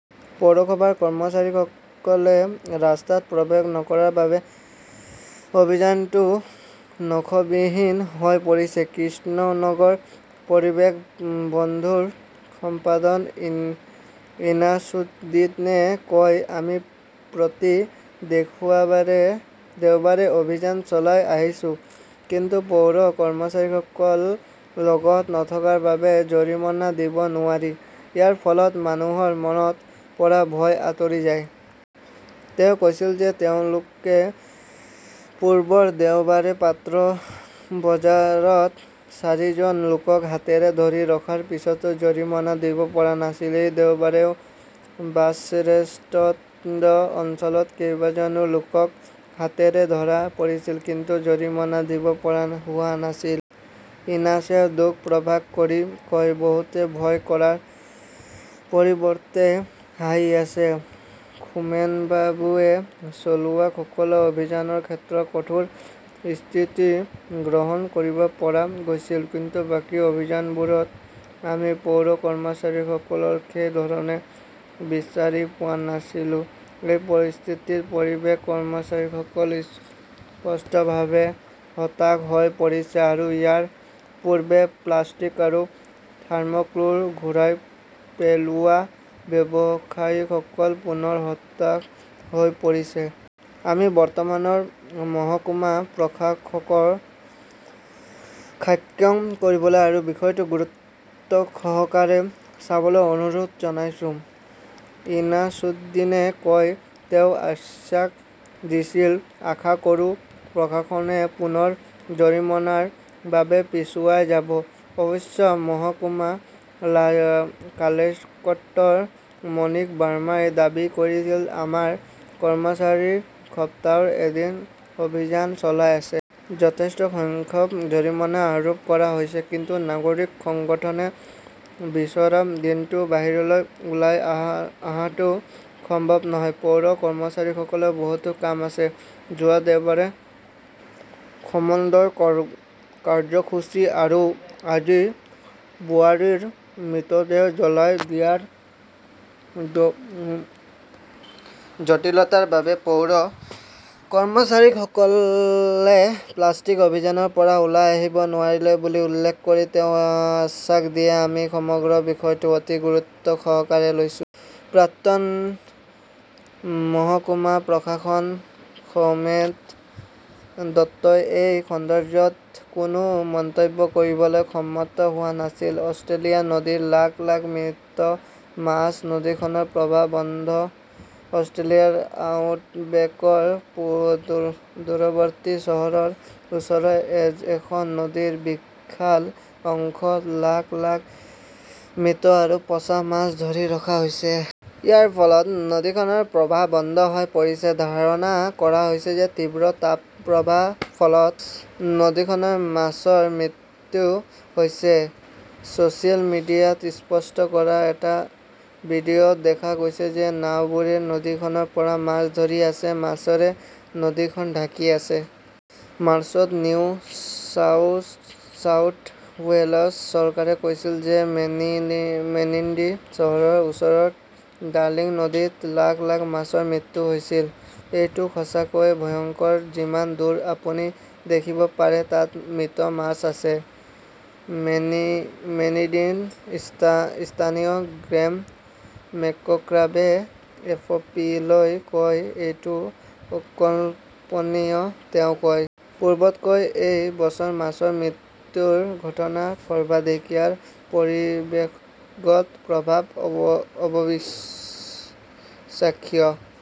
পৌৰসভাৰ কৰ্মচাৰীসকলে ৰাস্তাত প্ৰৱেশ নকৰাৰ বাবে অভিযানটো নখবিহীন হৈ পৰিছে। কৃষ্ণনগৰ পৰিৱেশ বন্ধুৰ সম্পাদক ইনাছুদ্দীনে কয়, আমি প্ৰতি দেওবাৰে অভিযান চলাই আহিছো। কিন্তু পৌৰ কৰ্মচাৰীসকল লগত নথকাৰ বাবে জৰিমনা দিব নোৱাৰি। ইয়াৰ ফলত মানুহৰ মনৰ পৰা ভয় আঁতৰি যায়। তেওঁ কৈছিল যে, তেওঁলোকে পূৰ্বৰ দেওবাৰে পাত্ৰ বজাৰত চাৰিজন লোকক হাতেৰে ধৰি ৰখাৰ পিছতো জৰিমনা দিব পৰা নাছিল। এই দেওবাৰেও বাছষ্টেণ্ড অঞ্চলত কেইবাজনো লোকক হাতেৰে ধৰা পৰিছিল কিন্তু জৰিমনা দিব পৰা হোৱা নাছিল। ইনাছে দুখ প্ৰকাশ কৰি কয়, বহুতে ভয় কৰাৰ পৰিৱৰ্তে হাঁহি আছে। সৌমেনবাবুৱে চলোৱা সকলো অভিযানৰ ক্ষেত্ৰত কঠোৰ স্থিতি গ্ৰহণ কৰিব পৰা গৈছিল, কিন্তু বাকী অভিযানবোৰত আমি পৌৰ কৰ্মচাৰীসকলক সেই ধৰণে বিচাৰি পোৱা নাছিলো। এই পৰিস্থিতিত পৰিৱেশ কৰ্মীসকল স্পষ্টভাৱে হতাশ হৈ পৰিছে আৰু ইয়াৰ পূৰ্বে প্লাষ্টিক আৰু থাৰ্মোকোল ঘূৰাই পেলোৱা ব্যৱসায়ীসকল পুনৰ হতাশ হৈ পৰিছে। আমি বৰ্তমানৰ মহকুমা প্ৰশাসকক সাক্ষাৎ কৰিবলৈ আৰু বিষয়টো গুৰুত্বসহকাৰে চাবলৈ অনুৰোধ জনাইছো। ইনাছুদ্দীনে কয় ,তেওঁ আশ্বাস দিছিল। আশা কৰোঁ প্ৰশাসনে পুনৰ জৰিমনাৰ বাবে পিছুৱাই যাব। অৱশ্যে, মহকুমা কালেক্টৰ মনীষ বাৰ্মাই দাবী কৰিছিল আমাৰ কৰ্মচাৰীসকলে সপ্তাহত এদিন অভিযান চলাই আছে। যথেষ্ট সংখ্যক জৰিমনা আৰোপ কৰা হৈছে, কিন্তু নাগৰিক সংগঠনে বিচৰা দিনটো বাহিৰলৈ ওলাই অহাটো সম্ভৱ নহয় পৌৰ কৰ্মচাৰীসকলৰ বহুতো কাম আছে। যোৱা দেওবাৰে সমন্বয় কাৰ্যসূচী আৰু আজি বোৱাৰীৰ মৃতদেহ জ্বলাই দিয়াৰ জটিলতাৰ বাবে পৌৰ কৰ্মচাৰীসকলে প্লাষ্টিক অভিযানৰ পৰা ওলাই আহিব নোৱাৰিলে বুলি উল্লেখ কৰি তেওঁ আশ্বাস দিয়ে, আমি সমগ্ৰ বিষয়টো অতি গুৰুত্বসহকাৰে লৈছো। প্ৰাক্তন মহকুমা প্ৰশাসক সৌমেন দত্তই এই সন্দৰ্ভত কোনো মন্তব্য কৰিবলৈ সন্মত হোৱা নাছিল। অষ্ট্ৰেলিয়াৰ নদীত লাখ -লাখ মৃত মাছ, নদীখনৰ প্ৰবাহ বন্ধ অষ্ট্ৰেলিয়াৰ আউটবেকৰ দূৰৱৰ্তী চহৰৰ ওচৰৰ এখন নদীৰ বিশাল অংশত লাখ -লাখ মৃত আৰু পচা মাছ ধৰি ৰখা হৈছে। ইয়াৰ ফলত নদীখনৰ প্ৰবাহ বন্ধ হৈ পৰিছে। ধাৰণা কৰা হৈছে যে তীব্ৰ তাপপ্ৰবাহৰ ফলত নদীখনৰ মাছৰ মৃত্যু হৈছে। ছচিয়েল মিডিয়াত পোষ্ট কৰা এটা ভিডিঅ' ত দেখা গৈছে যে নাওবোৰে নদীখনৰ পৰা মাছ ধৰি আছে, মাছৰে নদীখন ঢাকি আছে। মাৰ্চত নিউ চাউথ ৱেলছ চৰকাৰে কৈছিল যে মেনিণ্ডি চহৰৰ ওচৰৰ ডাৰ্লিং নদীত লাখ- লাখ মাছৰ মৃত্যু হৈছিল। এইটো সঁচাকৈয়ে ভয়ংকৰ যিমান দূৰ আপুনি দেখিব পাৰে তাত মৃত মাছ আছে। মেনিণ্ডিৰ স্থানীয় গ্ৰেম মেকক্ৰাবে এফপিলৈ কয়, এইটো অকল্পনীয় তেওঁ কয়। পূৰ্বতকৈ এই বছৰ মাছৰ মৃত্যুৰ ঘটনা সৰ্বাধিক। ইয়াৰ পৰিৱেশগত প্ৰভাৱ অবিশ্বাস্য।